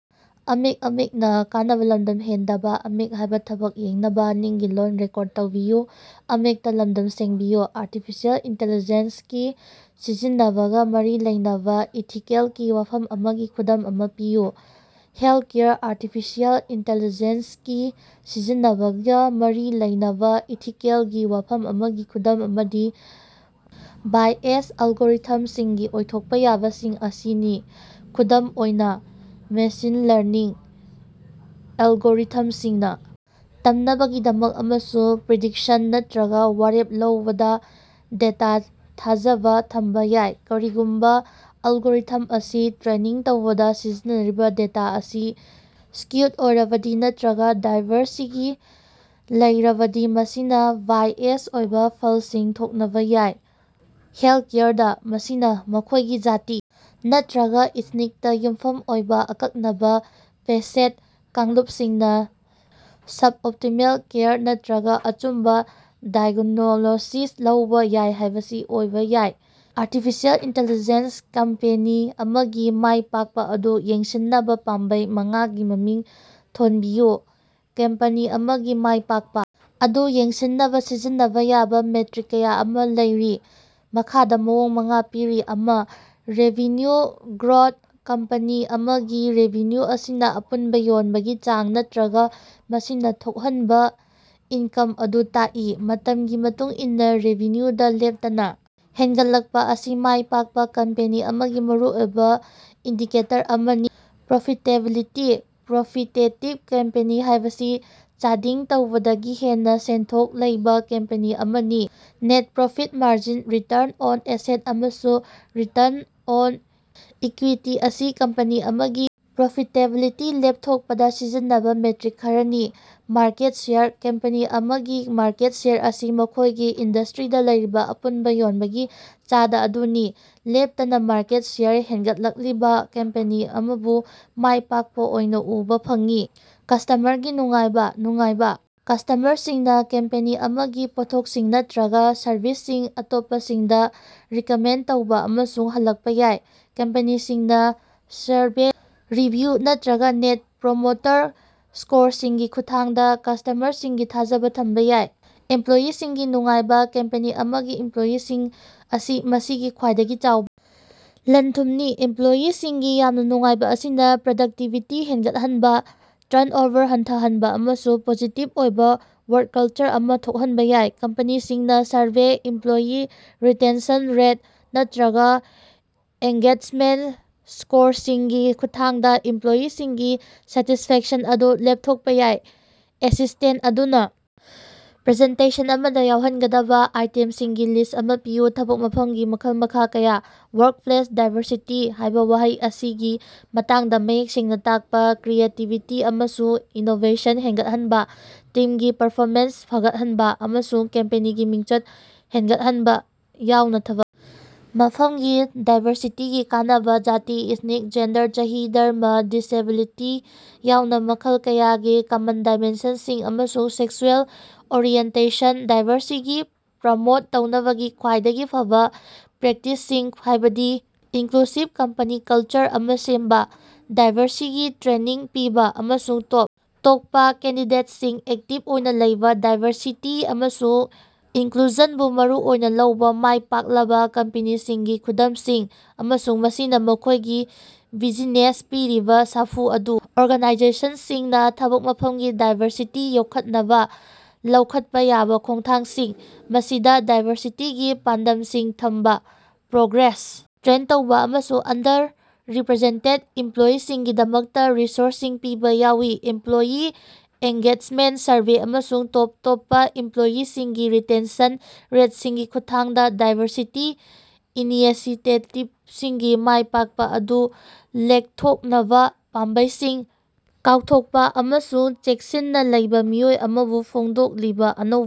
Artificial intelligence ꯒꯤ ꯁꯤꯖꯤꯟꯅꯕꯒ ꯃꯔꯤ ꯂꯩꯅꯕ ꯏꯊꯤꯀꯦꯜꯒꯤ ꯋꯥꯐꯝ ꯑꯃꯒꯤ ꯈꯨꯗꯝ ꯑꯃ ꯄꯤꯌꯨ꯫ ꯍꯦꯜꯊꯀꯦꯌꯔꯗ ꯑꯥꯔꯇꯤꯐꯤꯁꯤꯑꯦꯜ ꯏꯟꯇꯦꯜꯂꯤꯖꯦꯟꯁꯒꯤ ꯁꯤꯖꯤꯟꯅꯕꯒ ꯃꯔꯤ ꯂꯩꯅꯕ ꯏꯊꯤꯀꯦꯂꯒꯤ ꯋꯥꯐꯝ ꯑꯃꯒꯤ ꯈꯨꯗꯝ ꯑꯃꯗꯤ ꯕꯥꯏꯑꯦꯖ ꯑꯦꯂꯒꯣꯔꯤꯊꯝꯁꯤꯡꯒꯤ ꯑꯣꯏꯊꯣꯛꯄ ꯌꯥꯕꯁꯤꯡ ꯑꯁꯤꯅꯤ꯫ ꯈꯨꯗꯝ ꯑꯣꯏꯅ, ꯃꯦꯁꯤꯟ ꯂ꯭ꯔꯅꯤꯡ ꯑꯦꯂꯒꯣꯔꯤꯊꯝꯁꯤꯡꯅ ꯇꯝꯅꯕꯒꯤꯗꯃꯛ ꯑꯃꯁꯨꯡ ꯄ꯭ꯔꯤꯗꯤꯛꯁꯟ ꯅꯠꯇꯔꯒ ꯋꯥꯔꯦꯞ ꯂꯧꯕꯗ ꯗꯦꯇꯥꯗ ꯊꯥꯖꯕ ꯊꯝꯕ ꯌꯥꯏ꯫ ꯀꯔꯤꯒꯨꯝꯕ ꯑꯦꯜꯒꯣꯔꯤꯊꯝ ꯑꯁꯤ ꯇ꯭ꯔꯦꯅꯤꯡ ꯇꯧꯕꯗ ꯁꯤꯖꯤꯟꯅꯔꯤꯕ ꯗꯦꯇꯥ ꯑꯁꯤ ꯁ꯭ꯀ꯭ꯌꯨꯗ ꯑꯣꯏꯔꯕꯗꯤ ꯅꯠꯇꯔꯒ ꯗꯥꯏꯕꯔꯁꯤꯇꯤ ꯂꯩꯠꯔꯕꯗꯤ ꯃꯁꯤꯅ ꯕꯥꯏꯑꯦꯖ ꯑꯣꯏꯕ ꯐꯜꯁꯤꯡ ꯊꯣꯛꯅꯕ ꯌꯥꯏ꯫ ꯍꯦꯜꯊꯀꯦꯌꯔꯗ, ꯃꯁꯤꯅ ꯃꯈꯣꯏꯒꯤ ꯖꯥꯇꯤ ꯅꯠꯇꯔꯒ ꯏꯊꯅꯤꯛꯇ ꯌꯨꯝꯐꯝ ꯑꯣꯏꯕ ꯑꯀꯛꯅꯕ ꯄꯦꯁꯦꯟꯠ ꯀꯥꯡꯂꯨꯄꯁꯤꯡꯅ ꯁꯕ-ꯑꯣꯞꯇꯤꯃꯦꯜ ꯀꯦꯌꯔ ꯅꯠꯇꯔꯒ ꯑꯆꯨꯝꯕ ꯗꯥꯏꯒꯅꯣꯁꯤꯁ ꯂꯧꯕ ꯌꯥꯏ ꯍꯥꯏꯕꯁꯤ ꯑꯣꯏꯕ ꯌꯥꯏ꯫ ꯑꯔꯇꯤꯐꯤꯁꯤꯑꯦꯜ ꯏꯟꯇꯦꯜꯂꯤꯖꯦꯟꯁ ꯀꯝꯄꯦꯅꯤ ꯑꯃꯒꯤ ꯃꯥꯏ ꯄꯥꯛꯄ ꯑꯗꯨ ꯌꯦꯡꯁꯤꯟꯅꯕ ꯄꯥꯝꯕꯩ ꯃꯉꯥꯒꯤ ꯃꯃꯤꯡ ꯊꯣꯟꯕꯤꯌꯨ꯫ ꯀꯝꯄꯦꯅꯤ ꯑꯃꯒꯤ ꯃꯥꯏ ꯄꯥꯛꯄ ꯑꯗꯨ ꯌꯦꯡꯁꯤꯟꯅꯕ ꯁꯤꯖꯤꯟꯅꯕ ꯌꯥꯕ ꯃꯦꯇ꯭ꯔꯤꯛ ꯀꯌꯥ ꯑꯃꯥ ꯂꯩꯔꯤ꯫ ꯃꯈꯥꯗꯥ ꯃꯑꯣꯡ ꯃꯉꯥ ꯄꯤꯔꯤ: ꯑꯃ꯬ ꯔꯦꯚꯤꯅ꯭ꯌꯨ ꯒ꯭ꯔꯣꯊ: ꯀꯝꯄꯅꯤ ꯑꯃꯒꯤ ꯔꯦꯚꯤꯅ꯭ꯌꯨ ꯑꯁꯤꯅ ꯑꯄꯨꯟꯕ ꯌꯣꯟꯕꯒꯤ ꯆꯥꯡ ꯅꯠꯇꯔꯒ ꯃꯁꯤꯅ ꯊꯣꯛꯍꯟꯕ ꯏꯅꯀꯝ ꯑꯗꯨ ꯇꯥꯀꯏ꯫ ꯃꯇꯝꯒꯤ ꯃꯇꯨꯡ ꯏꯟꯅ ꯔꯦꯚꯤꯅ꯭ꯌꯨꯗ ꯂꯦꯞꯇꯅ ꯍꯦꯟꯒꯠꯂꯛꯄ ꯑꯁꯤ ꯃꯥꯏ ꯄꯥꯛꯄ ꯀꯝꯄꯦꯅꯤ ꯑꯃꯒꯤ ꯃꯔꯨꯑꯣꯏꯕ ꯏꯟꯗꯤꯀꯦꯇꯔ ꯑꯃꯅꯤ꯫ ꯄ꯭ꯔꯣꯐꯤꯇꯦꯕꯤꯂꯤꯇꯤ: ꯄ꯭ꯔꯣꯐꯤꯇꯦꯇꯤꯕ ꯀꯝꯄꯦꯅꯤ ꯍꯥꯏꯕꯁꯤ ꯆꯥꯗꯤꯡ ꯇꯧꯕꯗꯒꯤ ꯍꯦꯟꯅ ꯁꯦꯟꯊꯣꯛ ꯂꯩꯕ ꯀꯝꯄꯦꯅꯤ ꯑꯃꯅꯤ꯫ Net profit margin, return on asset, ꯑꯃꯁꯨꯡ ꯔꯤꯇ꯭ꯔꯟ ꯑꯣꯟ ꯏꯀ꯭ꯋꯤꯇꯤ ꯑꯁꯤ ꯀꯝꯄꯦꯅꯤ ꯑꯃꯒꯤ ꯄ꯭ꯔꯣꯐꯤꯇꯦꯕꯤꯂꯤꯇꯤ ꯂꯦꯞꯊꯣꯛꯄꯗ ꯁꯤꯖꯤꯟꯅꯕ ꯃꯦꯇ꯭ꯔꯤꯛ ꯈꯔꯅꯤ꯫ ꯃꯥꯔꯀꯦꯠ ꯁꯦꯌꯔ: ꯀꯝꯄꯦꯅꯤ ꯑꯃꯒꯤ ꯃꯥꯔꯀꯦꯠ ꯁꯦꯌꯔ ꯑꯁꯤ ꯃꯈꯣꯏꯒꯤ ꯏꯟꯗ꯭ꯁꯇ꯭ꯔꯤꯗ ꯂꯩꯔꯤꯕ ꯑꯄꯨꯟꯕ ꯌꯣꯟꯕꯒꯤ ꯆꯥꯗ ꯑꯗꯨꯅꯤ꯫ ꯂꯦꯞꯇꯅ ꯃꯥꯔꯀꯦꯠ ꯁꯦꯌꯔ ꯍꯦꯟꯒꯠꯂꯛꯂꯤꯕ ꯀꯝꯄꯦꯅꯤ ꯑꯃꯕꯨ ꯃꯥꯏ ꯄꯥꯛꯄ ꯑꯣꯏꯅ ꯎꯕ ꯐꯪꯏ꯫ ꯀ꯭ꯁꯇꯃ꯭ꯔꯒꯤ ꯅꯨꯡꯉꯥꯏꯕ: ꯅꯨꯡꯉꯥꯏꯕ ꯀ꯭ꯁꯇꯃ꯭ꯔꯁꯤꯡꯅ ꯀꯝꯄꯦꯅꯤ ꯑꯃꯒꯤ ꯄꯣꯠꯊꯣꯛꯁꯤꯡ ꯅꯠꯇꯔꯒ ꯁꯔꯕꯤꯁꯁꯤꯡ ꯑꯇꯣꯞꯄꯁꯤꯡꯗ ꯔꯤꯀꯃꯦꯟꯗ ꯇꯧꯕꯥ ꯑꯃꯁꯨꯡ ꯍꯜꯂꯛꯄ ꯌꯥꯏ꯫ ꯀꯝꯄꯦꯅꯤꯁꯤꯡꯅ ꯁꯔꯚꯦ, ꯔꯤꯚꯤꯌꯨ, ꯅꯠꯇꯔꯒ ꯅꯦꯠ ꯄ꯭ꯔꯣꯃꯣꯇꯔ ꯁ꯭ꯀꯣꯔꯁꯤꯡꯒꯤ ꯈꯨꯠꯊꯥꯡꯗ ꯀ꯭ꯁꯇꯃ꯭ꯔꯁꯤꯡꯒꯤ ꯊꯥꯖꯕ ꯊꯝꯕ ꯌꯥꯏ꯫ ꯑꯦꯝꯄ꯭ꯂꯣꯌꯤꯁꯤꯡꯒꯤ ꯅꯨꯡꯉꯥꯏꯕ: ꯀꯝꯄꯦꯅꯤ ꯑꯃꯒꯤ ꯏꯝꯄ꯭ꯂꯣꯌꯤꯁꯤꯡ ꯑꯁꯤ ꯃꯁꯤꯒꯤ ꯈ꯭ꯋꯥꯏꯗꯒꯤ ꯆꯥꯎꯕ ꯂꯟ-ꯊꯨꯝꯅꯤ꯫ ꯑꯦꯝꯄ꯭ꯂꯣꯌꯤꯁꯤꯡꯒꯤ ꯌꯥꯝꯅ ꯅꯨꯡꯉꯥꯏꯕ ꯑꯁꯤꯅ ꯄ꯭ꯔꯗꯛꯇꯤꯚꯤꯇꯤ ꯍꯦꯟꯒꯠꯍꯟꯕ, ꯇ꯭ꯔꯟꯑꯣꯚꯔ ꯍꯟꯊꯍꯟꯕ ꯑꯃꯁꯨꯡ ꯄꯣꯖꯤꯇꯤꯚ ꯑꯣꯏꯕ ꯋꯥ꯭ꯔꯛ ꯀꯜꯆꯔ ꯑꯃꯥ ꯊꯣꯛꯍꯟꯕ ꯌꯥꯏ꯫ ꯀꯝꯄꯅꯤꯁꯤꯡꯅꯥ ꯁꯔꯚꯦ, ꯏꯝꯄ꯭ꯂꯣꯌꯤ ꯔꯤꯇꯦꯟꯁꯟ ꯔꯦꯠ, ꯅꯠꯇꯔꯒ ꯑꯦꯡꯒꯦꯖꯃꯦꯟꯠ ꯁ꯭ꯀꯣꯔꯁꯤꯡꯒꯤ ꯈꯨꯠꯊꯥꯡꯗ ꯏꯝꯄ꯭ꯂꯣꯌꯤꯁꯤꯡꯒꯤ ꯁꯦꯇꯤꯁꯐꯦꯛꯁꯟ ꯑꯗꯨ ꯂꯦꯄꯊꯣꯛꯄ ꯌꯥꯏ꯫ ꯑꯦꯁꯤꯁ꯭ꯇꯦꯟꯠ ꯑꯗꯨꯅ ꯄ꯭ꯔꯖꯦꯟꯇꯦꯁꯟ ꯑꯃꯗ ꯌꯥꯎꯍꯟꯒꯗꯕ ꯑꯥꯏꯇꯦꯝꯁꯤꯡꯒꯤ ꯂꯤꯁ꯭ꯠ ꯑꯃꯥ ꯄꯤꯌꯨ꯫ ꯊꯕꯛ ꯃꯐꯃꯒꯤ ꯃꯈꯜ-ꯃꯈꯥ ꯀꯌꯥ꯫ "ꯋꯥ꯭ꯔꯛꯄ꯭ꯂꯦꯁ ꯗꯥꯏꯕꯔꯁꯤꯇꯤ" ꯍꯥꯏꯕ ꯋꯥꯍꯩ ꯑꯁꯤꯒꯤ ꯃꯇꯥꯡꯗ ꯃꯌꯦꯛ ꯁꯦꯡꯅ ꯇꯥꯛꯄ ꯀ꯭ꯔꯤꯌꯦꯇꯤꯕꯤꯇꯤ ꯑꯃꯁꯨꯡ ꯏꯅꯣꯕꯦꯁꯟ ꯍꯦꯟꯒꯠꯍꯟꯕ, ꯇꯤꯝꯒꯤ ꯄꯔꯐꯣꯃꯦꯟꯁ ꯐꯒꯠꯍꯟꯕ, ꯑꯃꯁꯨꯡ ꯀꯝꯄꯦꯅꯤꯒꯤ ꯃꯤꯡꯆꯠ ꯍꯦꯟꯒꯠꯍꯟꯕ ꯌꯥꯎꯅ ꯊꯕꯛ ꯃꯐꯝꯒꯤ ꯗꯥꯏꯕꯔꯁꯤꯇꯤꯒꯤ ꯀꯥꯟꯅꯕ ꯖꯥꯇꯤ, ꯏꯊꯅꯤꯛ, ꯖꯦꯟꯗꯔ, ꯆꯍꯤ, ꯙꯔꯃ, ꯗꯤꯁꯑꯦꯕꯤꯂꯤꯇꯤ ꯌꯥꯎꯅ ꯃꯈꯜ ꯀꯌꯥꯒꯤ ꯀꯃꯟ ꯗꯥꯏꯃꯦꯟꯁꯟꯁꯤꯡ ꯑꯃꯁꯨꯡ ꯁꯦꯛꯁꯨꯑꯦꯜ ꯑꯣꯔꯤꯑꯦꯟꯇꯦꯁꯟ ꯗꯥꯏꯕꯔꯁꯤꯇꯤ ꯄ꯭ꯔꯃꯣꯠ ꯇꯧꯅꯕꯒꯤ ꯈ꯭ꯋꯥꯏꯗꯒꯤ ꯐꯕ ꯄ꯭ꯔꯦꯛꯇꯤꯁꯁꯤꯡ, ꯍꯥꯏꯕꯗꯤ ꯏꯅꯀ꯭ꯂꯨꯁꯤꯚ ꯀꯝꯄꯅꯤ ꯀꯜꯆꯔ ꯑꯃꯥ ꯁꯦꯝꯕ, ꯗꯥꯏꯕꯔꯁꯤꯇꯤ ꯇ꯭ꯔꯦꯅꯤꯡ ꯄꯤꯕ, ꯑꯃꯁꯨꯡ ꯇꯣꯞ ꯇꯣꯞꯄ ꯀꯦꯟꯗꯤꯗꯦꯠꯁꯤꯡ ꯑꯦꯛꯇꯤꯞ ꯑꯣꯏꯅ ꯂꯧꯕ ꯗꯥꯏꯕꯔꯁꯤꯇꯤ ꯑꯃꯁꯨꯡ ꯏꯅꯀ꯭ꯂꯨꯖꯟꯕꯨ ꯃꯔꯨꯑꯣꯏꯅ ꯂꯧꯕ ꯃꯥꯏꯄꯥꯛꯂꯕ ꯀꯝꯄꯅꯤꯁꯤꯡꯒꯤ ꯈꯨꯗꯝꯁꯤꯡ, ꯑꯃꯁꯨꯡ ꯃꯁꯤꯅ ꯃꯈꯣꯏꯒꯤ ꯕꯤꯖꯤꯅꯦꯁꯇ ꯄꯤꯔꯤꯕ ꯁꯥꯐꯨ ꯑꯗꯨ꯫ ꯑꯣꯔꯒꯅꯥꯏꯖꯦꯁꯟꯁꯤꯡꯅ ꯊꯕꯛ ꯃꯐꯝꯒꯤ ꯗꯥꯏꯕꯔꯁꯤꯇꯤ ꯌꯣꯛꯈꯠꯅꯕ ꯂꯧꯈꯠꯄ ꯌꯥꯕ ꯈꯣꯡꯊꯥꯡꯁꯤꯡ, ꯃꯁꯤꯗ ꯗꯥꯏꯕꯔꯁꯤꯇꯤꯒꯤ ꯄꯥꯟꯗꯝꯁꯤꯡ ꯊꯝꯕ, ꯄ꯭ꯔꯣꯒ꯭ꯔꯦꯁ ꯇ꯭ꯔꯦꯛ ꯇꯧꯕ, ꯑꯃꯁꯨꯡ ꯑꯟꯗꯔꯔꯤꯄ꯭ꯔꯦꯖꯦꯟꯇꯦꯗ ꯏꯃꯄ꯭ꯂꯣꯌꯤꯁꯤꯡꯒꯤꯗꯃꯛꯇ ꯔꯤꯁꯣꯔꯁꯁꯤꯡ ꯄꯤꯕ ꯌꯥꯎꯏ꯫ ꯑꯦꯝꯄ꯭ꯂꯣꯌꯤ ꯑꯦꯟꯒꯦꯖꯃꯦꯟꯠ ꯁꯔꯚꯦ ꯑꯃꯁꯨꯡ ꯇꯣꯞ ꯇꯣꯞꯄ ꯏꯃꯄ꯭ꯂꯣꯌꯤꯁꯤꯡꯒꯤ ꯔꯤꯇꯦꯟꯁꯟ ꯔꯦꯠꯁꯤꯡꯒꯤ ꯈꯨꯠꯊꯥꯡꯗ, ꯗꯥꯏꯕꯔꯁꯤꯇꯤ ꯏꯅꯤꯁꯤꯌꯦꯇꯤꯕꯁꯤꯡꯒꯤ ꯃꯥꯏ ꯄꯥꯛꯄ ꯑꯗꯨ ꯂꯦꯞꯊꯣꯛꯅꯕ ꯄꯥꯝꯕꯩꯁꯤꯡ꯫ ꯀꯥꯎꯊꯣꯛꯄ ꯑꯃꯁꯨꯡ ꯆꯦꯛꯁꯤꯟꯅ ꯂꯩꯕ ꯃꯤꯑꯣꯏ ꯑꯃꯕꯨ ꯐꯣꯡꯗꯣꯛꯂꯤꯕ ꯑꯅꯧꯕ